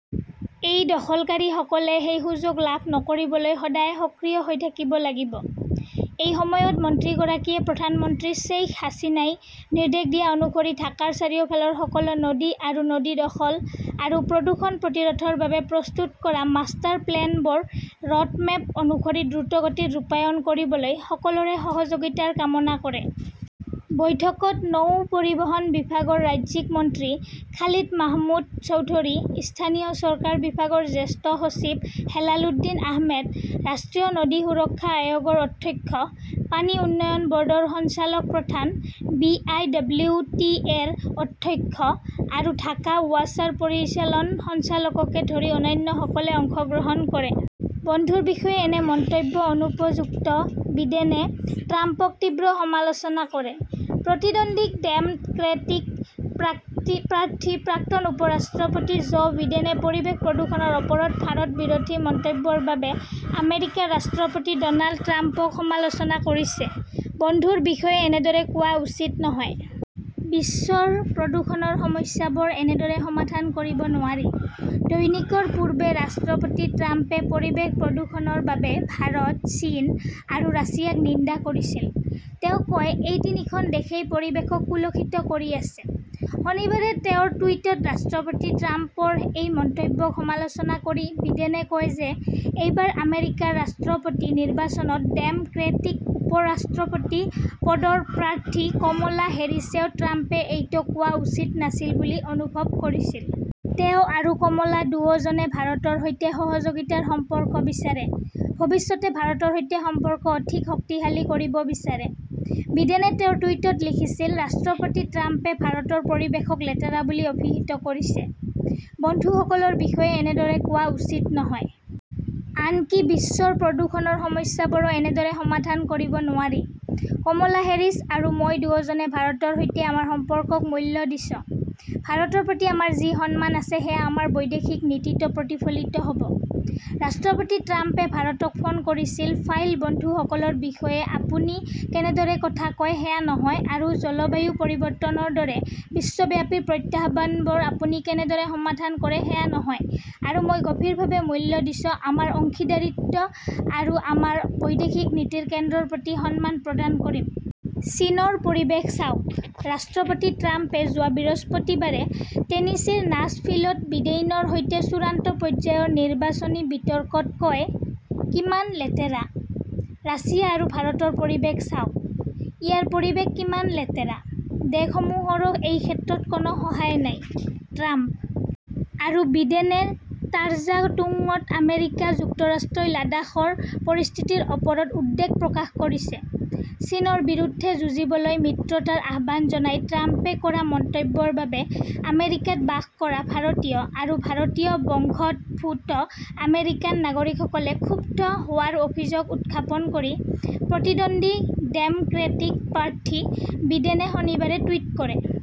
এই দখলকাৰীসকলে সেই সুযোগ লাভ নকৰিবলৈ সদায় সক্ৰিয় হৈ থাকিব লাগিব। এই সময়ত মন্ত্ৰীগৰাকীয়ে প্ৰধানমন্ত্ৰী শ্বেইখ হাছিনাই নিৰ্দেশ দিয়া অনুসৰি ঢাকাৰ চাৰিওফালৰ সকলো নদী আৰু নদী দখল আৰু প্ৰদূষণ প্ৰতিৰোধৰ বাবে প্ৰস্তুত কৰা মাষ্টাৰ প্লেনবোৰ ৰোডমেপ অনুসৰি দ্ৰুতগতিত ৰূপায়ণ কৰিবলৈ সকলোৰে সহযোগিতাৰ কামনা কৰে। বৈঠকত নৌ পৰিবহণ বিভাগৰ ৰাজ্যিক মন্ত্ৰী খালিদ মাহমুদ চৌধুৰী, স্থানীয় চৰকাৰ বিভাগৰ জ্যেষ্ঠ সচিব হেলালুদ্দিন আহমেদ, ৰাষ্ট্ৰীয় নদী সুৰক্ষা আয়োগৰ অধ্যক্ষ, পানী উন্নয়ন বৰ্ডৰ সঞ্চালক প্ৰধান, B. I. W. T. A. -ৰ অধ্যক্ষ আৰু ঢাকা ৱাছাৰ পৰিচালন সঞ্চালককে ধৰি অন্যান্যসকলে অংশগ্ৰহণ কৰে। বন্ধুৰ বিষয়ে এনে মন্তব্য অনুপযুক্ত বিডেনে ট্ৰাম্পক তীব্ৰ সমালোচনা কৰে। প্ৰতিদ্বন্দ্বী ডেম ক্ৰেটিক প্ৰাৰ্থী প্ৰাক্তন উপ-ৰাষ্ট্ৰপতি জো বিডেনে পৰিৱেশ প্ৰদূষণৰ ওপৰত ভাৰত বিৰোধী মন্তব্যৰ বাবে আমেৰিকাৰ ৰাষ্ট্ৰপতি ডনাল্ড ট্ৰাম্পক সমালোচনা কৰিছে। বন্ধুৰ বিষয়ে এনেদৰে কোৱা উচিত নহয়। বিশ্বৰ প্ৰদূষণৰ সমস্যাবোৰ এনেদৰে সমাধান কৰিব নোৱাৰি। দৈনিকৰ পূৰ্বে ৰাষ্ট্ৰপতি ট্ৰাম্পে পৰিৱেশ প্ৰদূষণৰ বাবে ভাৰত, চীন আৰু ৰাছিয়াক নিন্দা কৰিছিল। তেওঁ কয়, এই তিনিখন দেশেই পৰিৱেশক কুলষিত কৰি আছে। শনিবাৰে তেওঁৰ টুইটত ৰাষ্ট্ৰপতি ট্ৰাম্পৰ এই মন্তব্যক সমালোচনা কৰি বিডেনে কয় যে এইবাৰ আমেৰিকাৰ ৰাষ্ট্ৰপতি নিৰ্বাচনত ডেম ক্ৰেটিক উপ-ৰাষ্ট্ৰপতি পদৰ প্ৰাৰ্থী কমলা হেৰিছেও ট্ৰাম্পে এইটো কোৱা উচিত নাছিল বুলি অনুভৱ কৰিছিল। তেওঁ আৰু কমলা দুয়োজনে ভাৰতৰ সৈতে সহযোগিতাৰ সম্পৰ্ক বিচাৰে। ভৱিষ্যতে ভাৰতৰ সৈতে সম্পৰ্ক অধিক শক্তিশালী কৰিব বিচাৰে, বিডেনে তেওঁৰ টুইটত লিখিছিল ৰাষ্ট্ৰপতি ট্ৰাম্পে ভাৰতৰ পৰিৱেশক লেতেৰা বুলি অভিহিত কৰিছে। বন্ধুসকলৰ বিষয়ে এনেদৰে কোৱা উচিত নহয়। আনকি বিশ্বৰ প্ৰদূষণৰ সমস্যাবোৰো এনেদৰে সমাধান কৰিব নোৱাৰি। কমলা হেৰিছ আৰু মই দুয়োজনে ভাৰতৰ সৈতে আমাৰ সম্পৰ্কক মূল্য দিছো। ভাৰতৰ প্ৰতি আমাৰ যি সন্মান আছে সেয়া আমাৰ বৈদেশিক নীতিতো প্ৰতিফলিত হ'ব। ৰাষ্ট্ৰপতি ট্ৰাম্পে ভাৰতক ফোন কৰিছিল ফাইল বন্ধুসকলৰ বিষয়ে আপুনি কেনেদৰে কথা কয় সেয়া নহয় আৰু জলবায়ু পৰিৱৰ্তনৰ দৰে বিশ্বব্যাপী প্ৰত্যাহ্বানবোৰ আপুনি কেনেদৰে সমাধান কৰে সেয়া নহয় আৰু মই গভীৰভাৱে মূল্য দিছোঁ আমাৰ অংশীদাৰিত্ব আৰু আমাৰ বৈদেশিক নীতিৰ কেন্দ্ৰৰ প্ৰতি সন্মান প্ৰদান কৰিম। চীনৰ পৰিৱেশ চাওক ।ৰাষ্ট্ৰপতি ট্ৰাম্পে যোৱা বৃহস্পতিবাৰে টেনিছিৰ নাছভিলত বিডেইনৰ সৈতে চূড়ান্ত পৰ্যায়ৰ নিৰ্বাচনী বিতৰ্কত কয়, কিমান লেতেৰা। ৰাছিয়া আৰু ভাৰতৰ পৰিৱেশ চাওক। ইয়াৰ পৰিৱেশ কিমান লেতেৰা। দেশসমূহৰো এই ক্ষেত্ৰত কোনো সহায় নাই ,ট্ৰাম্প আৰু বিডেনে টাৰ্জা টুংত আমেৰিকা যুক্তৰাষ্ট্ৰই লাডাখৰ পৰিস্থিতিৰ ওপৰত উদ্বেগ প্ৰকাশ কৰিছে, চীনৰ বিৰুদ্ধে যুঁজিবলৈ মিত্ৰতাৰ আহ্বান জনাই ট্ৰাম্পে কৰা মন্তব্যৰ বাবে আমেৰিকাত বাস কৰা ভাৰতীয় আৰু ভাৰতীয় বংশোদ্ভূত আমেৰিকান নাগৰিকসকলে ক্ষুব্ধ হোৱাৰ অভিযোগ উত্থাপন কৰি প্ৰতিদ্বন্দ্বী ডেম ক্ৰেটিক প্ৰাৰ্থী বিডেনে শনিবাৰে টুইট কৰে।